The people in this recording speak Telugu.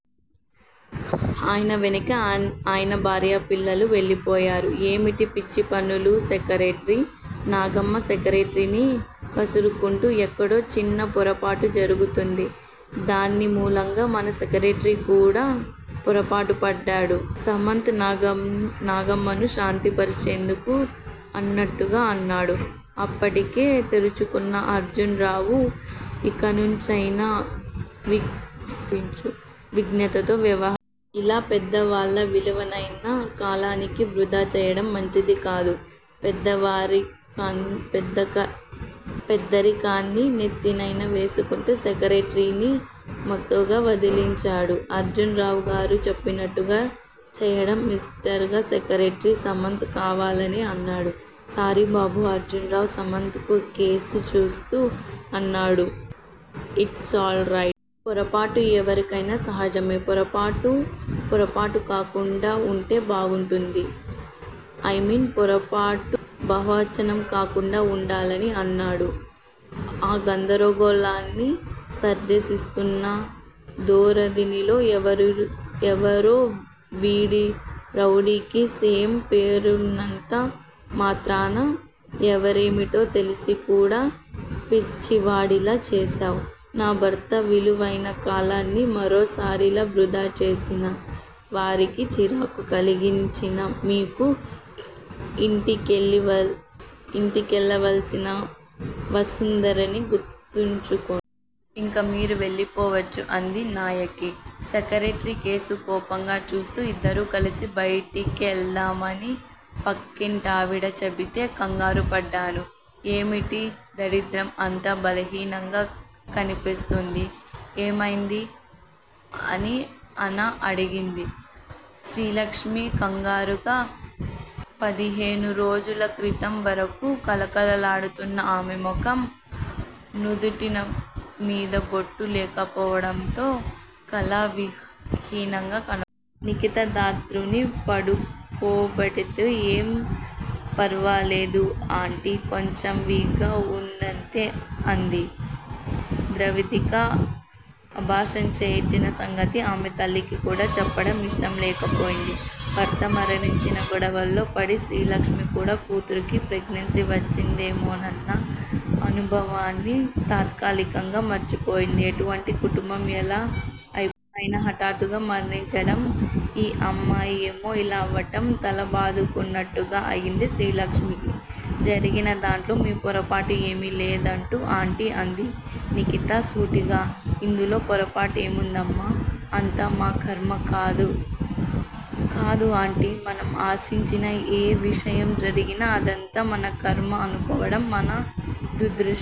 ఆయన వెనుకే ఆయన భార్యాపిల్లలు వెళ్ళిపోయారు. ఏమిటీ పిచ్చి పనులు సెక్రటరీ? నాగమ్మ సెక్రటరీని కసురుకుంటూ. ఎక్కడో చిన్న పొరపాటు జరిగుంటుంది. దాని మూలంగా మన సెక్రటరీ కూడా పొరపాటుపడ్డాడు సామంత్ నాగమ్మను శాంతపరిచేందుకు అన్నట్టుగా అన్నాడు. అప్పటికే తేరుకున్న అర్జున్ రావు ఇకనుంచైనా విజ్ఞతతో వ్యవహరించు. ఇలా పెద్దవాళ్ళ విలువైన కాలాన్ని వృధా చేయడం మంచిది కాదు పెద్దరికాన్ని నెత్తిన వేసుకుంటూ సెక్రటరీని మెత్తగా మందలించాడు. అర్జున్ రావుగారు చెప్పినట్టు చేయండి మిస్టర్ సెక్రటరీ సామంత్ కావాలనే అన్నాడు. సారీ బాబు అర్జున్ రావు సామంత్ కేసి చూస్తూ అన్నాడు. It's all right. పొరపాటు ఎవరికైనా సహజమే. పొరపాటు పొరపాటు కాకుండా వుంటే బావుంటుంది. ఐమీన్ పొరపాటు బహువచనం కాకుండా వుండాలని అన్నాడు ఆ గందరగోళాన్ని సర్దేస్తున్న ధోరణిలో. ఎవరో వీధి రౌడీకి సేమ్ పేరున్నంత మాత్రాన ఎవరేమిటో తెలిసి కూడా పిచ్చివాడిలా చేశావ్. నా భర్త విలువైన కాలాన్ని మరోసారిలా వృధా చేసినా, వారికి చిరాకు కలిగించినా మీరు ఇంటికెళ్ళ వలసి వస్తుందని గుర్తుంచుకోండి. ఇక మీరు వెళ్ళిపోవచ్చు అంది నాయకి సెక్రటరీకేసి కోపంగా చూస్తూ. ఇద్దరూ కలిసి బయటికెళ్ళారని పక్కింటావిడ చెబితే కంగారుపడ్డాను. ఏమిటి, ధాత్రి అంత బలహీనంగా కనిపిస్తోంది. ఏమైంది అనడిగింది శ్రీలక్ష్మి కంగారుగా. పదిహేనురోజుల క్రితం వరకూ కళకళలాడుతున్న ఆమె మొహం నుదుటిమీద బొట్టు లేకపోవటంతో కళావిహీనంగా కనబడుతోంది. నిఖిత ధాత్రిని పడుకోబెడుతూ ఏం ఫరవాలేదు ఆంటీ. కొంచెం వీక్ గా వుందంతే అంది. ధాత్రికి అబార్షన్ చేయించిన సంగతి ఆమె తల్లికి కూడా చెప్పటం ఇష్టంలేకపోయింది. భర్త మరణించిన గొడవల్లో పడి శ్రీలక్ష్మి కూడా కూతురికి ప్రెగ్నెన్సీ వచ్చిందేమోనన్న అనుమానాన్ని తాత్కాలికంగా మార్చిపోయింది. ఎటువంటి కుటుంబం ఎలా అయిపోయిందమ్మా! ఆయన హఠాత్తుగా మరణించడం ఈ అమ్మాయేమో ఇలా అవటం తల బాదుకుంటున్నట్లు అంది శ్రీలక్ష్మి. జరిగినదాంట్లో మీ పొరపాటు ఏమీ లేదంటారా ఆంటీ? అంది నిఖిత సూటిగా. ఇందులో పొరపాటేముందమ్మా? అంతా మా ఖర్మ. కాదు ఆంటీ. మనం ఆశించని ఏ విషయం జరిగినా అదంతా మనఖర్మ అనుకోవటం మన దురదృష్టం.